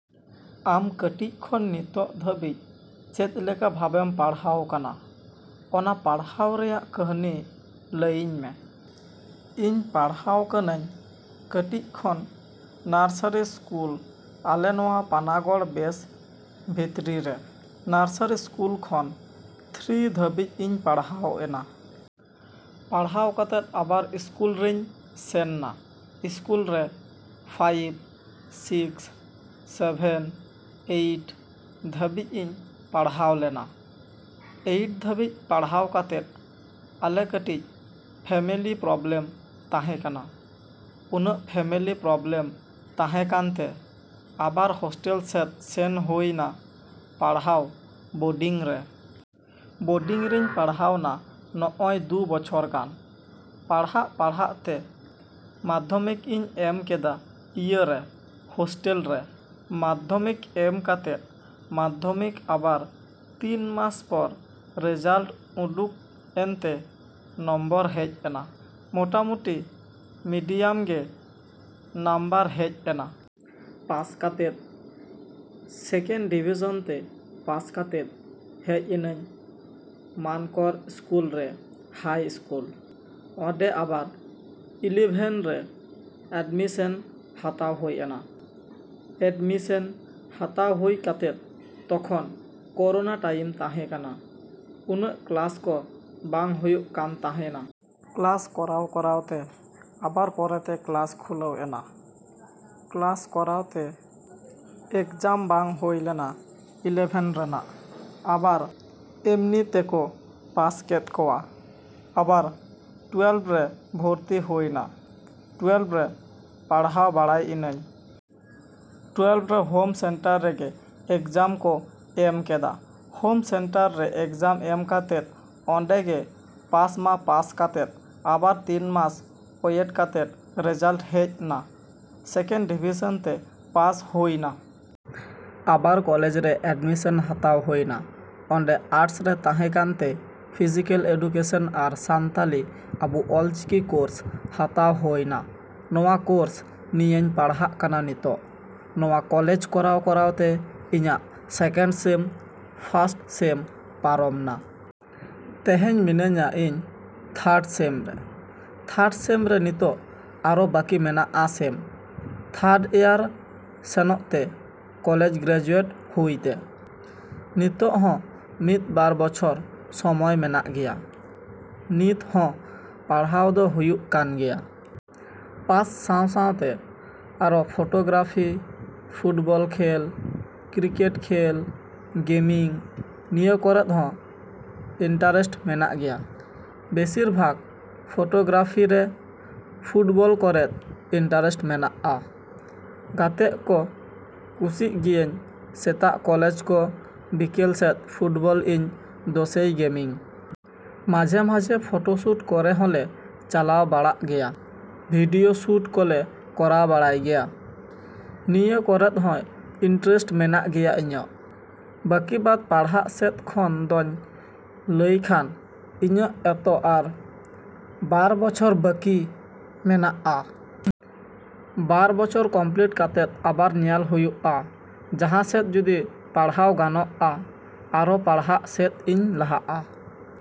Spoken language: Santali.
ᱟᱢ ᱠᱟᱹᱴᱤᱡ ᱠᱷᱚᱱ ᱱᱤᱛᱚᱜ ᱫᱷᱟᱹᱵᱤᱡ ᱪᱮᱫ ᱞᱮᱠᱟ ᱵᱷᱟᱵᱽᱮᱢ ᱯᱟᱲᱦᱟᱣ ᱠᱟᱱᱟ, ᱚᱱᱟ ᱯᱟᱲᱦᱟᱣ ᱨᱮᱭᱟᱜ ᱠᱟᱹᱦᱱᱤ ᱞᱟᱹᱭᱤᱧ ᱢᱮ᱾ ᱤᱧ ᱯᱟᱲᱦᱟᱣ ᱠᱟᱹᱱᱟᱹᱧ ᱠᱟᱹᱴᱤᱡ ᱠᱷᱚᱱ ᱱᱟᱨᱥᱟᱨᱤ ᱥᱠᱩᱞ ᱟᱞᱮ ᱱᱚᱣᱟ ᱯᱟᱱᱟᱜᱚᱲ ᱵᱮᱥ ᱵᱷᱤᱛᱨᱤ ᱨᱮ᱾ ᱱᱟᱨᱥᱟᱨᱤ ᱥᱠᱩᱞ ᱠᱷᱚᱱ ᱛᱷᱨᱤ ᱫᱷᱟᱹᱵᱤᱡ ᱤᱧ ᱯᱟᱲᱦᱟᱣ ᱮᱱᱟ᱾ ᱯᱟᱲᱦᱟᱣ ᱠᱟᱛᱮᱫ ᱟᱵᱟᱨ ᱥᱠᱩᱞ ᱨᱤᱧ ᱥᱮᱱ ᱱᱟ᱾ ᱥᱠᱩᱞ ᱨᱮ ᱯᱷᱟᱭᱤᱵᱷ, ᱥᱤᱠᱥ, ᱥᱮᱵᱷᱮᱱ, ᱮᱭᱤᱴ ᱫᱷᱟᱹᱵᱤᱡ ᱤᱧ ᱯᱟᱲᱦᱟᱣ ᱞᱮᱱᱟ᱾ ᱮᱭᱤᱴ ᱫᱷᱟᱹᱵᱤᱡ ᱯᱟᱲᱦᱟᱣ ᱠᱟᱛᱮᱫ ᱟᱞᱮ ᱠᱟᱹᱴᱤᱡ ᱯᱷᱮᱢᱤᱞᱤ ᱯᱨᱚᱵᱽᱞᱮᱢ ᱛᱟᱦᱮᱸ ᱠᱟᱱᱟ᱾ ᱩᱱᱟᱹᱜ ᱯᱷᱮᱢᱤᱞᱤ ᱯᱨᱚᱵᱽᱞᱮᱢ ᱛᱟᱦᱮᱸ ᱠᱟᱱᱛᱮ ᱟᱵᱟᱨ ᱦᱳᱥᱴᱮᱞ ᱥᱮᱫ ᱥᱮᱱ ᱦᱩᱭ ᱱᱟ ᱯᱟᱲᱦᱟᱣ ᱵᱳᱰᱤᱝ ᱨᱮ᱾ ᱵᱳᱰᱤᱝ ᱨᱤᱧ ᱯᱟᱲᱦᱟᱣᱱᱟ ᱱᱚᱜᱼᱚᱭ ᱫᱩ ᱵᱚᱪᱷᱚᱨ ᱜᱟᱱ᱾ ᱯᱟᱲᱦᱟᱜ-ᱯᱟᱲᱦᱟᱜ ᱛᱮ ᱢᱟᱫᱽᱫᱷᱚᱢᱤᱠ ᱤᱧ ᱮᱢ ᱠᱮᱫᱟ ᱤᱭᱟᱹ ᱨᱮ, ᱦᱳᱥᱴᱮᱞ ᱨᱮ᱾ ᱢᱟᱫᱽᱫᱷᱚᱢᱤᱠ ᱮᱢ ᱠᱟᱛᱮᱫ ᱢᱟᱫᱽᱫᱷᱚᱢᱤᱠ ᱟᱵᱟᱨ ᱛᱤᱱ ᱢᱟᱥ ᱯᱚᱨ ᱨᱮᱡᱟᱞᱴ ᱩᱸᱰᱩᱠ ᱮᱱᱛᱮ ᱱᱚᱢᱵᱚᱨ ᱦᱮᱡ ᱮᱱᱟ᱾ ᱢᱳᱴᱟᱢᱩᱴᱤ ᱢᱤᱰᱤᱭᱟᱢ ᱜᱮ ᱱᱟᱢᱵᱟᱨ ᱦᱮᱡ ᱮᱱᱟ᱾ ᱯᱟᱥ ᱠᱟᱛᱮᱫ ᱥᱮᱠᱮᱱᱰ ᱰᱤᱵᱷᱤᱡᱮᱱ ᱛᱮ ᱯᱟᱥ ᱠᱟᱛᱮᱫ ᱦᱮᱡ ᱤᱱᱟᱹᱧ ᱢᱟᱱᱠᱚᱨ ᱥᱠᱩᱞ ᱨᱮ ᱦᱟᱭ ᱥᱠᱩᱞ᱾ ᱚᱸᱰᱮ ᱟᱵᱟᱨ ᱤᱞᱤᱵᱷᱮᱱ ᱨᱮ ᱮᱰᱢᱤᱥᱮᱱ ᱦᱟᱛᱟᱣ ᱦᱩᱭ ᱱᱟ᱾ ᱮᱰᱢᱤᱥᱮᱱ ᱦᱟᱛᱟᱣ ᱦᱩᱭ ᱠᱟᱛᱮᱫ ᱛᱚᱠᱷᱚᱱ ᱠᱳᱨᱳᱱᱟ ᱴᱟᱭᱤᱢ ᱛᱟᱦᱮᱸ ᱠᱟᱱᱟ᱾ ᱩᱱᱟᱹᱜ ᱠᱞᱟᱥ ᱠᱚ ᱵᱟᱝ ᱦᱩᱭᱩᱜ ᱠᱟᱱ ᱛᱟᱦᱮᱱᱟ᱾ ᱠᱞᱟᱥ ᱠᱚᱨᱟᱣ-ᱠᱚᱨᱟᱣ ᱛᱮ ᱟᱵᱟᱨ ᱯᱚᱨᱮᱛᱮ ᱠᱞᱟᱥ ᱠᱷᱩᱞᱟᱹᱣ ᱮᱱᱟ᱾ ᱠᱞᱟᱥ ᱠᱚᱨᱟᱣ ᱛᱮ ᱮᱠᱡᱟᱢ ᱵᱟᱝ ᱦᱩᱭ ᱞᱮᱱᱟ ᱤᱞᱤᱵᱷᱮᱱ ᱨᱮᱱᱟᱜ᱾ ᱟᱵᱟᱨ ᱮᱢᱱᱤ ᱛᱮᱠᱚ ᱯᱟᱥ ᱠᱮᱫ ᱠᱚᱣᱟ᱾ ᱟᱵᱟᱨ ᱴᱩᱭᱮᱞᱵᱷ ᱨᱮ ᱵᱷᱚᱨᱛᱤ ᱦᱩᱭ ᱱᱟ᱾ ᱴᱩᱭᱮᱞᱵᱷ ᱨᱮ ᱯᱟᱲᱦᱟᱣ ᱵᱟᱲᱟᱭ ᱤᱱᱟᱹᱧ᱾ ᱴᱩᱭᱮᱞᱵᱷ ᱨᱮ ᱦᱳᱢ ᱥᱮᱱᱴᱟᱨ ᱨᱮᱜᱮ ᱮᱠᱡᱟᱢ ᱠᱚ ᱮᱢ ᱠᱮᱫᱟ᱾ ᱦᱳᱢ ᱥᱮᱱᱴᱟᱨ ᱨᱮ ᱮᱠᱡᱟᱢ ᱮᱢ ᱠᱟᱛᱮᱫ ᱚᱸᱰᱮᱜᱮ ᱯᱟᱥ ᱢᱟ ᱯᱟᱥ ᱠᱟᱛᱮᱫ ᱟᱵᱟᱨ ᱛᱤᱱ ᱢᱟᱥ ᱚᱭᱮᱴ ᱠᱟᱛᱮᱫ ᱨᱮᱡᱟᱞᱴ ᱦᱮᱡ ᱱᱟ᱾ ᱥᱮᱠᱮᱱᱰ ᱰᱤᱵᱷᱤᱡᱮᱱ ᱛᱮ ᱯᱟᱥ ᱦᱩᱭ ᱱᱟ᱾ ᱟᱵᱟᱨ ᱠᱚᱞᱮᱡᱽ ᱨᱮ ᱮᱰᱢᱤᱥᱮᱱ ᱦᱟᱛᱟᱣ ᱦᱩᱭ ᱱᱟ᱾ ᱚᱸᱰᱮ ᱟᱨᱴᱥ ᱨᱮ ᱛᱟᱦᱮᱸ ᱠᱟᱱᱛᱮ ᱯᱷᱤᱡᱤᱠᱮᱞ ᱮᱰᱩᱠᱮᱥᱮᱱ ᱟᱨ ᱥᱟᱱᱛᱟᱞᱤ ᱟᱵᱚ ᱚᱞᱪᱤᱠᱤ ᱠᱳᱨᱥ ᱦᱟᱛᱟᱣ ᱦᱩᱭ ᱱᱟ᱾ ᱱᱚᱣᱟ ᱠᱳᱨᱥ ᱱᱤᱭᱮᱧ ᱯᱟᱲᱦᱟᱜ ᱠᱟᱱᱟ ᱱᱤᱛᱚᱜ᱾ ᱱᱚᱣᱟ ᱠᱚᱞᱮᱡᱽ ᱠᱚᱨᱟᱣ-ᱠᱚᱨᱟᱣ ᱛᱮ ᱤᱧᱟᱹᱜ ᱥᱮᱠᱮᱱᱰ ᱥᱮᱢ, ᱯᱷᱟᱥᱴ ᱥᱮᱢ ᱯᱟᱨᱚᱢ ᱱᱟ᱾ ᱛᱮᱦᱮᱧ ᱢᱤᱱᱟᱹᱧᱟ ᱤᱧ ᱛᱷᱟᱨᱰ ᱥᱮᱢ ᱨᱮ᱾ ᱛᱷᱟᱨᱰ ᱥᱮᱢ ᱨᱮ ᱱᱤᱛᱚᱜ ᱟᱨᱚ ᱵᱟᱠᱤ ᱢᱮᱱᱟᱜᱼᱟ ᱥᱮᱢ ᱛᱷᱟᱨᱰ ᱤᱭᱟᱨ ᱥᱮᱱᱚᱜ ᱛᱮ ᱠᱚᱞᱮᱡᱽ ᱜᱨᱮᱡᱩᱭᱮᱴ ᱦᱩᱭ ᱛᱮ᱾ ᱱᱤᱛᱚᱜ ᱦᱚᱸ ᱢᱤᱫ ᱵᱟᱨ ᱵᱚᱪᱷᱚᱨ ᱥᱚᱢᱚᱭ ᱢᱮᱱᱟᱜ ᱜᱮᱭᱟ᱾ ᱱᱤᱛ ᱦᱚᱸ ᱯᱟᱲᱦᱟᱣ ᱫᱚ ᱦᱩᱭᱩᱜ ᱠᱟᱱ ᱜᱮᱭᱟ᱾ ᱯᱟᱥ ᱥᱟᱶ ᱥᱟᱶᱛᱮ ᱟᱨᱚ ᱯᱷᱳᱴᱳᱜᱨᱟᱯᱷᱤ, ᱯᱷᱩᱴᱵᱚᱞ ᱠᱷᱮᱞ, ᱠᱤᱨᱠᱮᱴ ᱠᱷᱮᱞ, ᱜᱮᱢᱤᱝ ᱱᱤᱭᱟᱹ ᱠᱚᱨᱮᱫ ᱦᱚᱸ ᱤᱱᱴᱟᱨᱮᱥᱴ ᱢᱮᱱᱟᱜ ᱜᱮᱭᱟ᱾ ᱵᱮᱥᱤᱨ ᱵᱷᱟᱜᱽ ᱯᱷᱳᱴᱳᱜᱨᱟᱯᱷᱤ ᱨᱮ, ᱯᱷᱩᱴᱵᱚᱞ ᱠᱚᱨᱮᱫ ᱤᱱᱴᱟᱨᱮᱥᱴ ᱢᱮᱱᱟᱜᱼᱟ᱾ ᱜᱟᱛᱮᱜ ᱠᱚ ᱠᱩᱥᱤᱜ ᱜᱤᱭᱟᱹᱧ ᱥᱮᱛᱟᱜ ᱠᱚᱞᱮᱡᱽ ᱠᱚ ᱵᱤᱠᱮᱞ ᱥᱮᱫ ᱯᱷᱩᱴᱵᱚᱞ ᱤᱧ ᱫᱚᱥᱮᱭ ᱜᱮᱢᱤᱝ᱾ ᱢᱟᱡᱷᱮᱼᱢᱟᱡᱷᱮ ᱯᱷᱳᱴᱳᱥᱩᱴ ᱠᱚᱨᱮ ᱦᱚᱸᱞᱮ ᱪᱟᱞᱟᱣ ᱵᱟᱲᱟᱜ ᱜᱮᱭᱟ᱾ ᱵᱷᱤᱰᱤᱭᱳ ᱥᱩᱴ ᱠᱚᱞᱮ ᱠᱚᱨᱟᱣ ᱵᱟᱲᱟᱭ ᱜᱮᱭᱟ᱾ ᱱᱤᱭᱟᱹ ᱠᱚᱨᱮᱫ ᱦᱚᱸ ᱤᱱᱴᱨᱮᱥᱴ ᱢᱮᱱᱟᱜ ᱜᱮᱭᱟ ᱤᱧᱟᱹᱜ᱾ ᱵᱟᱹᱠᱤ ᱵᱟᱫᱽ ᱯᱟᱲᱦᱟᱜ ᱥᱮᱫ ᱠᱷᱚᱱ ᱫᱚᱧ ᱞᱟᱹᱭ ᱠᱷᱟᱱ ᱤᱧᱟᱹᱜ ᱮᱛᱚ ᱟᱨ ᱵᱟᱨ ᱵᱚᱪᱷᱚᱨ ᱵᱟᱹᱠᱤ ᱢᱮᱱᱟᱜᱼᱟ᱾ ᱵᱟᱨ ᱵᱚᱪᱷᱚᱨ ᱠᱚᱢᱯᱞᱤᱴ ᱠᱟᱛᱮᱫ ᱟᱵᱟᱨ ᱧᱮᱞ ᱦᱩᱭᱩᱜᱼᱟ ᱡᱟᱦᱟᱸ ᱥᱮᱫ ᱡᱩᱫᱤ ᱯᱟᱲᱦᱟᱣ ᱜᱟᱱᱚᱜᱼᱟ ᱟᱨᱚ ᱯᱟᱲᱦᱟᱜ ᱥᱮᱫ ᱤᱧ ᱞᱟᱦᱟᱜᱼᱟ᱾